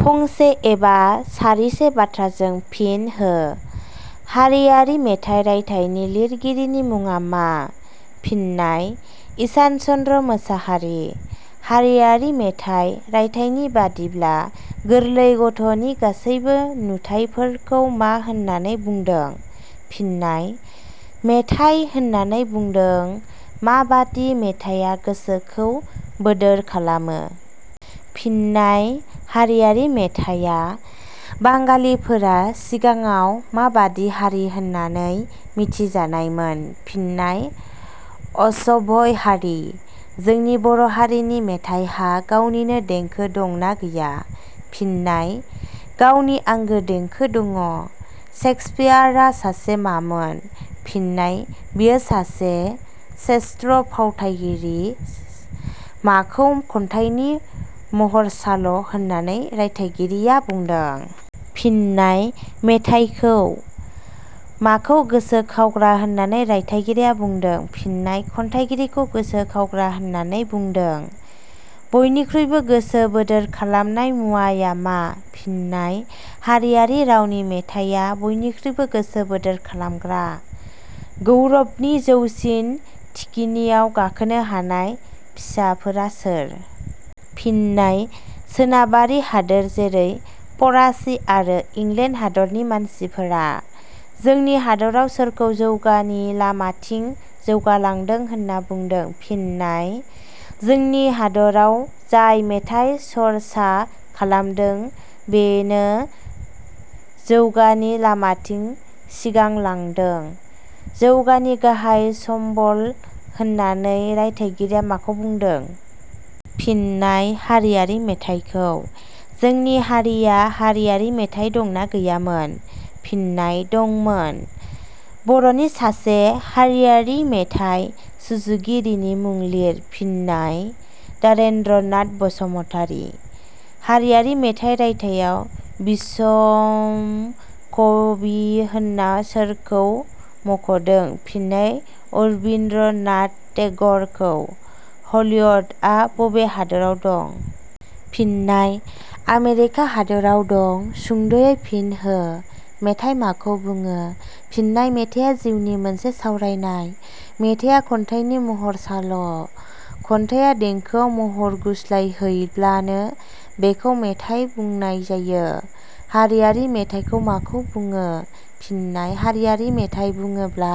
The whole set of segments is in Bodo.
फंसे एबा सारिसे बाथ्राजों फिन हो। हारियारि मेथाइ रायथाइनि लिरगिरिनि मुङा मा? फिननाय: ईशान चन्द्र मोसाहारि। हारिआरि मेथाइ रायथाइनि बादिब्ला गोरलै गथ'नि गासैबो नुथायफोरखौ मा होननानै बुंदो? फिननाय: मेथाइ होननानै बुंदो। माबादि मेथाइया गोसोखौ बोदोर खालामो? फिननाय:हारियारि मेथाइया।. बांगालिफोरा सिगाङाव माबादि हारि होननानै मिथिजानायमोन? फिननाय: असभ्य हारि।. जोंनि बर'हारिनि मेथाइहा गावनिनो देंखो दंना गैया। फिननाय:गावनि आंगो देंखो दङ।. सेक्सपियारा सासे मामोन? फिननाय:बियो सासे श्रेष्ट फावथाइगिरिमोन।. माखौ खन्थाइनि महरसाल' होननानै रायथायगिरिया बुंदों? फिननाय: मेथाइखौ।. माखौ गोसो खावग्रा होननानै रायथायगिरिया बुंदों? फिननाय: खन्थाइखौ गोसो खावग्रा होननानै बुंदो।. बयनिख्रुइबो गोसो बोदोर खालामनाय मुवाया मा? फिननाय:हारियारि रावनि मेथाइया बयनिख्रुयबो गोसो बोदोर खालामग्रा।. गौरबनि जौसिन थिखिनियाव गाखोनो हानाय फिसाफोरा सोर? फिननाय:सोनाबारि हादोर जेरै -फरासि आरो इंलेण्ड हादरनि मानसिफोरा।. जोंनि हादराव सोरखौ जौगानि लामाथिं सिगांलांदों होनना बुंदों? फिननाय:जोंनि हादराव जाय मेथाइ सर्सा खालामदों बिनो जौगानि लामाथिं सिगांलांदों।. जौगानि गाहाइ सम्बल होननानै रायथायगिरिया माखौ बुंदों? फिननाय:हारियारि मेथाइखौ।. जोंनि हारिया हारियारि मेथाइ दंना गैयामोन? फिननाय:दंमोन।. बर'नि सासे हारियारि मेथाइ सुजुगिरिनि मुं लिर? फिननाय:दारेन्द्र नाथ बसुमतारि।. हारियारि मेथाइ रायथाइयाव बिस्व कवि होनना सोरखौ मख'दों? फिननाय:रबिन्द्र नाथ टेगरखौ।. हलिउडआ बबे हादराव दं? फिननाय:आमेरिका हादराव दं। सुंदयै फिन हो. मेथाइ माखौ बुङो? फिननाय: मेथाइया जिउनि मोनसे सावरायनाय। मेथाइया खन्थाइनि महरसाल'। खन्थाइया देंखोआव महर गुस्लायहैब्लानो बेखौ मेथाइ बुंनाय जायो।. हारियारि मेथाइखौ माखौ बुङो? फिननाय:हारियारि मेथाइ बुङोब्ला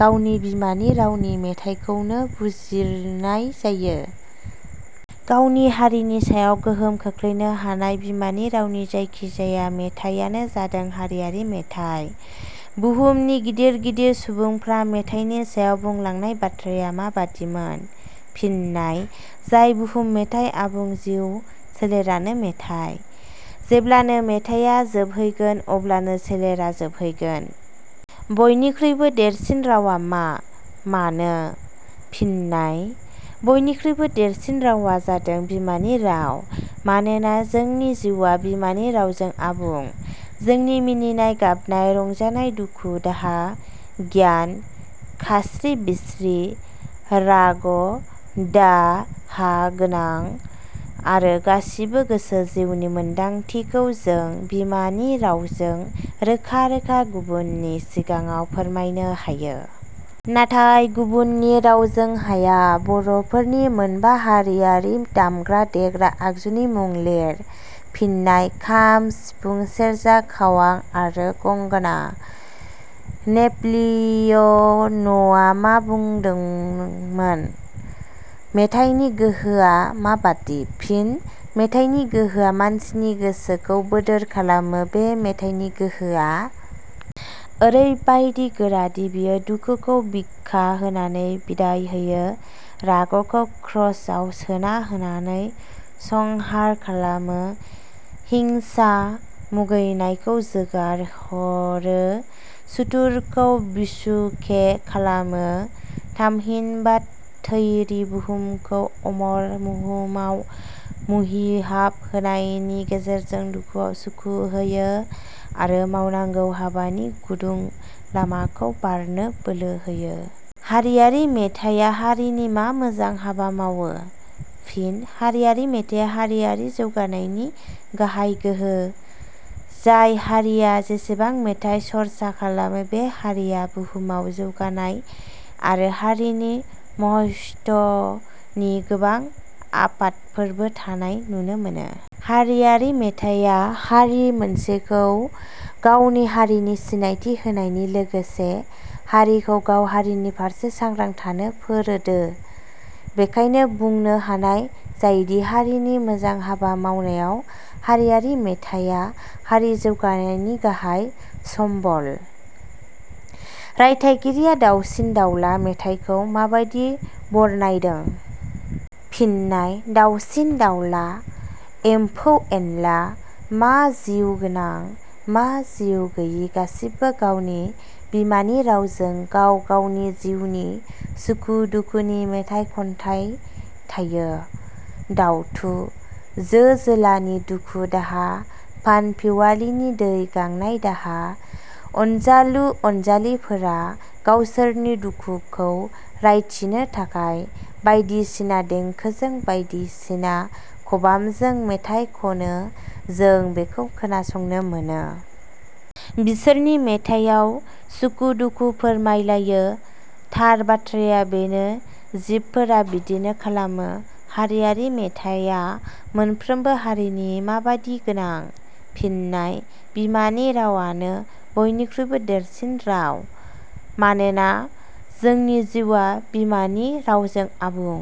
गावनि बिमानि रावनि मेथाइखौनो बुजिनाय जायो। गावनि हारिनि सायाव गोहोम खोख्लैनो हानाय बिमानि रावनि जायखि जाया मेथाइयानो जादों हारियारि मेथाइ।. बुहुमनि गिदिर गिदिर सुबुंफ्रा मेथाइनि सायाव बुंलांनाय बाथ्राया माबादिमोन? फिननाय:जाय बुहुम मेथाइ आबुं जिउ सोलेरानो मेथाइ। जेब्लानो मेथाइया जोबहैगोन अब्लानो सोलेरा जोबहैगोन।. बयनिख्रुइबो देरसिन रावआ मा? मानो? फिननाय: बयनिख्रुइबो देरसिन रावआ जादों बिमानि राव। मानोना जोंनि जिउआ बिमानि रावजों आबुं। जोंनि मिनिनाय, गाबनाय, रंजानाय, दुखु-दाहा, गियान, खास्रि-बिस्रि, राग, दाहा गोनां आरो गासिबो गोसो जिउनि मोन्दांथिखौ जों बिमानि रावजों रोखा-रोखा गुबुननि सिगाङाव फोरमायनो हायो। नाथाय गुबुननि रावजों हाया।. बर'फोरनि मोनबा हारियारि दामग्रा देग्रा आगजुनि मुं लिर? फिननाय:खाम, सिफुं, सेरजा, खावां आरो गंग'ना।. नेपलिय 'नआ मा बुंदोंमोन?. मेथाइनि गोहोआ माबादि? फिन: मेथाइनि गोहोआ मानसिनि गोसोखौ बोदोर खालामो। बे मेथाइनि गोहोआ ओरैबायदि गोरादि बेयो दुखुखौ भिखा होनानै बिदाय होयो, रागखौ क्रोसआव सोना होनानै संहार खालामो, हिंसा, मुगैनायखौ जोगार ह 'रो, सुथुरखौ बिसुखे खालामो थामहिनबा थैरि बुहुमखौ अमर बुहुमआव मुहिहाब होनायनि गेजेरजों दुखुआव सुखु होयो आरो मावनांगौ हाबानि गुदुं लामाखौ बारनो बोलो होयो।. हारियारि मेथाइया हारिनि मा मोजां हाबा मावो? फिन: हारियारि मेथाइया हारियारि जौगानायनि गाहाय गोहो। जाय हारिया जेसेबां मेथाइ सर्सा खालामो बे हारिया बुहुमाव जौगानाय आरो हारिनि महत्वनि गोबां आफादफोरबो थानाय नुनो मोनो। हारियारि मेथाइया हारि मोनसेखौ गावनि हारिनि सिनायथि होनायनि लोगोसे हारिखौ गाव हारिनि फारसे सांग्रां थानो फोरोडो। बिखायनो बुंनो हानाय जायोदि हारिनि मोजां हाबा मावनायाव हारियारि मेथाइया हारि जौगानायनि गाहाय "सम्बल"। '. रायथाइगिरिया दावसिन-दावला मेथाइखौ माबादि बरनायदों? फिननाय:दाउसिन-दाउला, एमफौ-एनला, मा जिउ गोनां, मा जिउ गैयि गासिबो गावनि बिमानि रावजों गाव गावनि जिउनि सुखु दुखुनि मेथाइ खन्थाइ थायो। दाउथु, जो-जोलानि दुखु दाहा फानफिवालिनि दै गांनाय दाहा, अनजालु अनजालिफोरा गावसोरनि सुखुखौ रायथिनो थाखाय बायदिसिना देंखोजों, बायदिसिना खबामजों मेथाइ खनो जों बेखौ खोनासंनो मोनो। बिसोरनि मेथाइयाव सुखु दुखु फोरमाय लायो। थार बाथ्राया बेनो जिबफोरा बिदिनो खालामो।. हारियारि मेथाइया मोनफ्रोमबो हारिनि माबादि गोनां? फिननाय:बिमानि रावानो बयनिख्रुइ देरसिन राव। मानोना जोंनि जिउआ बिमानि रावजों आबुं।